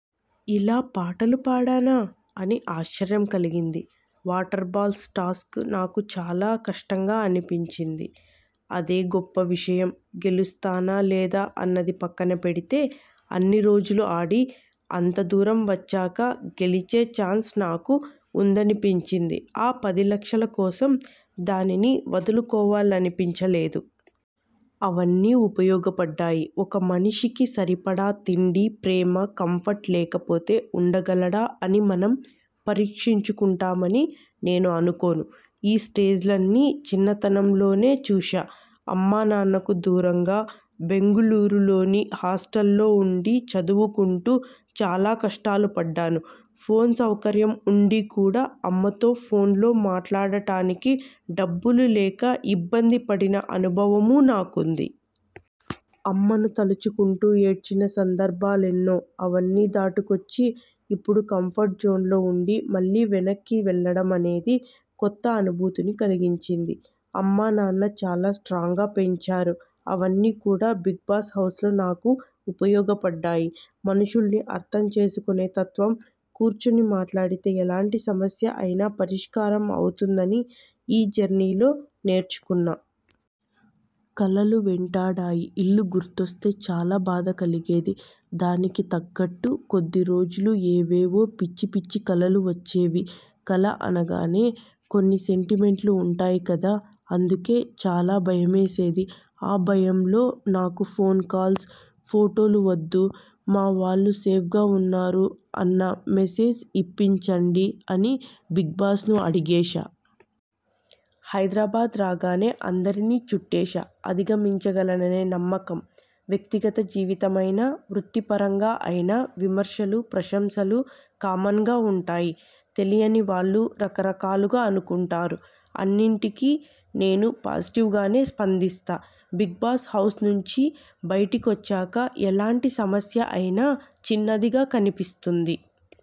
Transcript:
ఇలా పాటలు పాడానా! అని ఆశ్చర్యం కలిగింది. వాటర్ బాల్స్ టాస్క్ నాకు చాలా కష్టంగా అనిపించింది. అదే గొప్ప విషయం గెలుస్తానా, లేదా అన్నది పక్కన పెడితే అన్ని రోజులు ఆడి, అంత దూరం వచ్చాక గెలిచే ఛాన్స్ నాకు ఉందనిపించింది. ఆ పది లక్షల కోసం దానిని వదులుకోవాలనిపించలేదు. అవన్నీ ఉపయోగపడ్డాయి ఒక మనిషికి సరిపడా తిండి, ప్రేమ, కంఫర్ట్ లేకపోతే ఉండగలడా అని మనం పరీక్షించుకుంటామని నేను అనుకోను. ఈ స్టేజ్లన్నీ చిన్నతనంలోనే చూశా. అమ్మానాన్నకు దూరంగా బెంగుళూరులోని హాస్టల్లో ఉండి చదువుకుంటూ చాలా కష్టాలు పడ్డాను. ఫోన్ సౌకర్యం ఉండి కూడా అమ్మతో ఫోన్లో మాట్లాడటానికి డబ్బులు లేక ఇబ్బంది పడిన అనుభవమూ నాకుంది. అమ్మను తలచుకుంటూ ఏడ్చిన సందర్భాలెన్నో! అవన్నీ దాటుకొచ్చి ఇప్పుడు కంఫర్ట్ జోన్లో ఉండి మళ్లీ వెనక్కి వెళ్లడం అనేది కొత్త అనుభూతిని కలిగించింది. అమ్మానాన్న చాలా స్ట్రాంగ్గా పెంచారు. అవన్నీ కూడా 'బిగ్బాస్' హౌస్లో నాకు ఉపయోగపడ్డాయి. మనుషుల్ని అర్ధం చేసుకునే తత్వం కూర్చుని మాట్లాడితే ఎలాంటి సమస్య అయినా పరిష్కారం అవుతుందని ఈ జర్నీలో నేర్చుకున్నా. కలలు వెంటాడాయి ఇల్లు గుర్తొస్తే చాలా బాధ కలిగేది. దానికి తగ్గట్టు కొద్ది రోజులు ఏవేవో పిచ్చిపిచ్చి కలలు వచ్చేవి. కల అనగానే కొన్ని సెంటిమెంట్లు ఉంటాయి కదా అందుకే చాలా భయమేసేది. ఆ భయంలో 'నాకు ఫోన్ కాల్స్, ఫొటోలు వద్దు మా వాళ్లు సేఫ్గా ఉన్నారు అన్న మెసేజ్ ఇప్పించండి' అని బిగ్బాస్ను అడిగేశా. హైదరాబాద్ రాగానే అందరినీ చుట్టేశా. అధిగమించగలననే నమ్మకం వ్యక్తిగత జీవితమైనా, వృత్తిపరంగా అయినా విమర్శలు, ప్రశంసలు కామన్గా ఉంటాయి. తెలియని వాళ్లు రకరకాలుగా అనుకుంటారు. అన్నింటికీ నేను పాజిటివ్గానే స్పందిస్తా. 'బిగ్బాస్' హౌస్ నుంచి బయటికొచ్చాక ఎలాంటి సమస్య అయినా చిన్నదిగా కనిపిస్తుంది.